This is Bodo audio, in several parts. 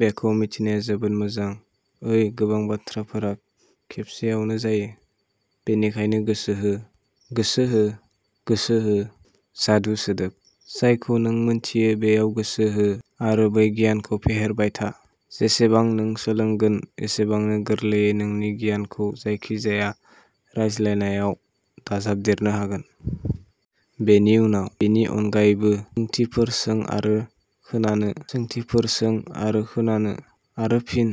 बेखौ मिथिनाया जोबोद मोजां। ओइ गोबां बाथ्राफोरा खेबसेआवनो जायो। बेनिखायनो गोसो हो, गोसो हो, गोसो हो, जादु सोदोब। जायखौ नों मिन्थियो बेयाव गोसो हो आरो बै गियानखौ फेहेरबाय था। जेसेबां नों सोलोंगोन एसेबांनो गोरलैयै नोंनि गियानखौ जायखिजाया रायज्लायनायाव दाजाबदेरनो हागोन। बेनि उनाव, बेनि अनगायैबो, ओंथिफोर सों आरो खोनानो, सोंथिफोर सों आरो खोनानो, आरो फिन,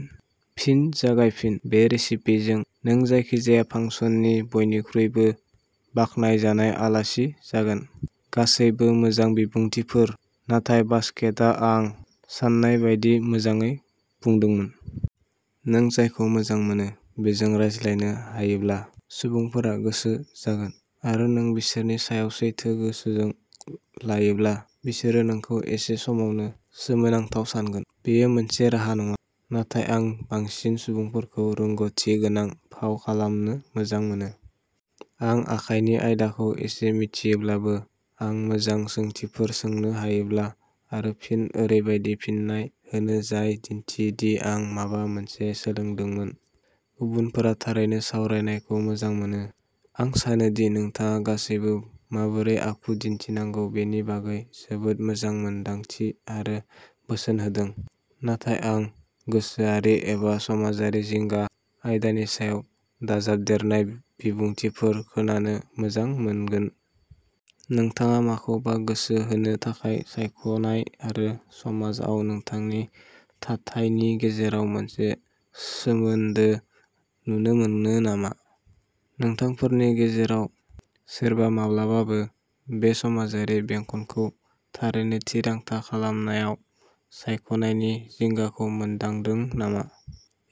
फिन जागायफिन। बे रेसिपिजों, नों जायखिजाया फांसननि बयनिख्रुइबो बाखनायजानाय आलासि जागोन। गासैबो मोजां बिबुंथिफोर, नाथाय बासकेटआ आं सान्नाय बायदि मोजाङै बुंदोंमोन। नों जायखौ मोजां मोनो बेजों रायज्लायनो हायोब्ला, सुबुंफोरा गोसो जागोन, आरो नों बिसोरनि सायाव सैथो गोसोजों लायोब्ला, बिसोरो नोंखौ एसे समावनो सोमोनांथाव सानगोन! बेयो मोनसे राहा नङा, नाथाय आं बांसिन सुबुंफोरखौ रोंग'थि गोनां फाव खालामनो मोजां मोनो। आं आखाइनि आयदाखौ एसे मिथियोब्लाबो, आं मोजां सोंथिफोर सोंनो हायोब्ला आरो फिन ओरैबायदि फिन्नाय होनो जाय दिन्थियो दि आं माबा मोनसे सोलोंदोंमोन, गुबुनफोरा थारैनो सावरायनायखौ मोजां मोनो।। आं सानो दि नोंथाङा गासैबो माबोरै आखु दिन्थिनांगौ बेनि बागै जोबोद मोजां मोनदांथि आरो बोसोन होदों, नाथाय आं "गोसोआरि एबा समाजारि जिंगा" आयदानि सायाव दाजाबदेरनाय बिबुंथिफोर खोनानो मोजां मोनगोन। नोंथाङा माखौबा गोसो होनो थाखाय सायख'नाय आरो समाजआव नोंथांनि "थाथाय" नि गेजेराव मोनसे सोमोन्दो नुनो मोनो नामा? नोंथांफोरनि गेजेराव सोरबा माब्लाबाबो बे समाजारि बेंखनखौ "थारैनो" थिरांथा खालामनायाव सायख'नायनि जिंगाखौ मोनदांदों नामा?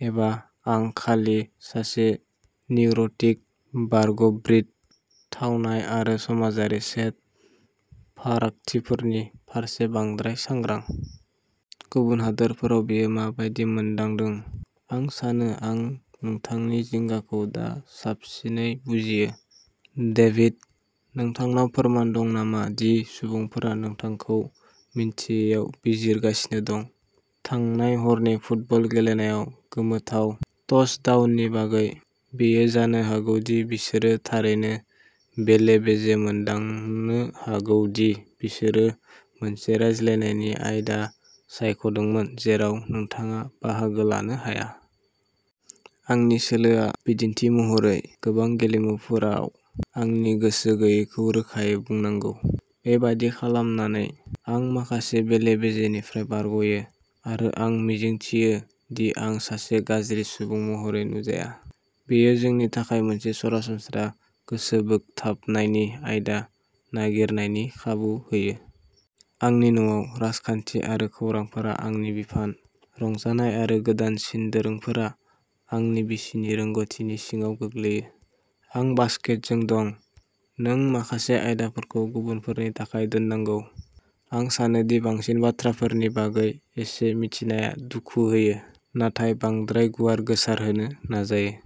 एबा आं खालि सासे निउर'टिक बारग'ब्रिट, थावनाय आरो समाजारि सेट फारागथिफोरनि फारसे बांद्राय सांग्रां? गुबुन हादोरफोराव बेयो मा बायदि "मोनदांदों? आं सानो आं नोंथांनि जिंगाखौ दा साबसिनै बुजियो, डेभिड। नोंथांनाव फोरमान दं नामा दि सुबुंफोरा नोंथांखौ मिन्थियैयाव बिजिरगासिनो दं। थांनाय हरनि फुटबल गेलेनायाव गोमोथाव टचडाउननि बागै? बेयो जानो हागौ दि बिसोरो थारैनो बेले बेजे मोनदांनो हागौ दि बिसोरो मोनसे रायज्लायनायनि आयदा सायख'दोंमोन जेराव नोंथाङा बाहागो लानो हाया? आंनि सोलोआ, बिदिन्थि महरै, गोबां गेलेमुफोराव आंनि गोसो गैयैखौ रोखायै बुंनांगौ। बेबादि खालामनानै, आं माखासे बेले बेजेनिफ्राय बारग'यो, आरो आं मिजिंथियो दि आं सासे गाज्रि सुबुं महरै नुजाया। बेयो जोंनि थाखाय मोनसे सरासनस्रा गोसोबोगथाबनायनि आयदा नागिरनायनि खाबु होयो। आंनि न'आव, राजखान्थि आरो खौरांफोरा आंनि बिफान। रंजानाय आरो गोदानसिन दोरोंफोरा, आंनि बिसिनि रोंग'थिनि सिङाव गोग्लैयो। आं बासकेटजों दं नों माखासे आयदाफोरखौ गुबुनफोरनि थाखाय दोननांगौ! आं सानो दि बांसिन बाथ्राफोरनि बागै एसे मिथिनाया दुखु होयो, नाथाय बांद्राय गुवार गोसारहोनो नाजायो।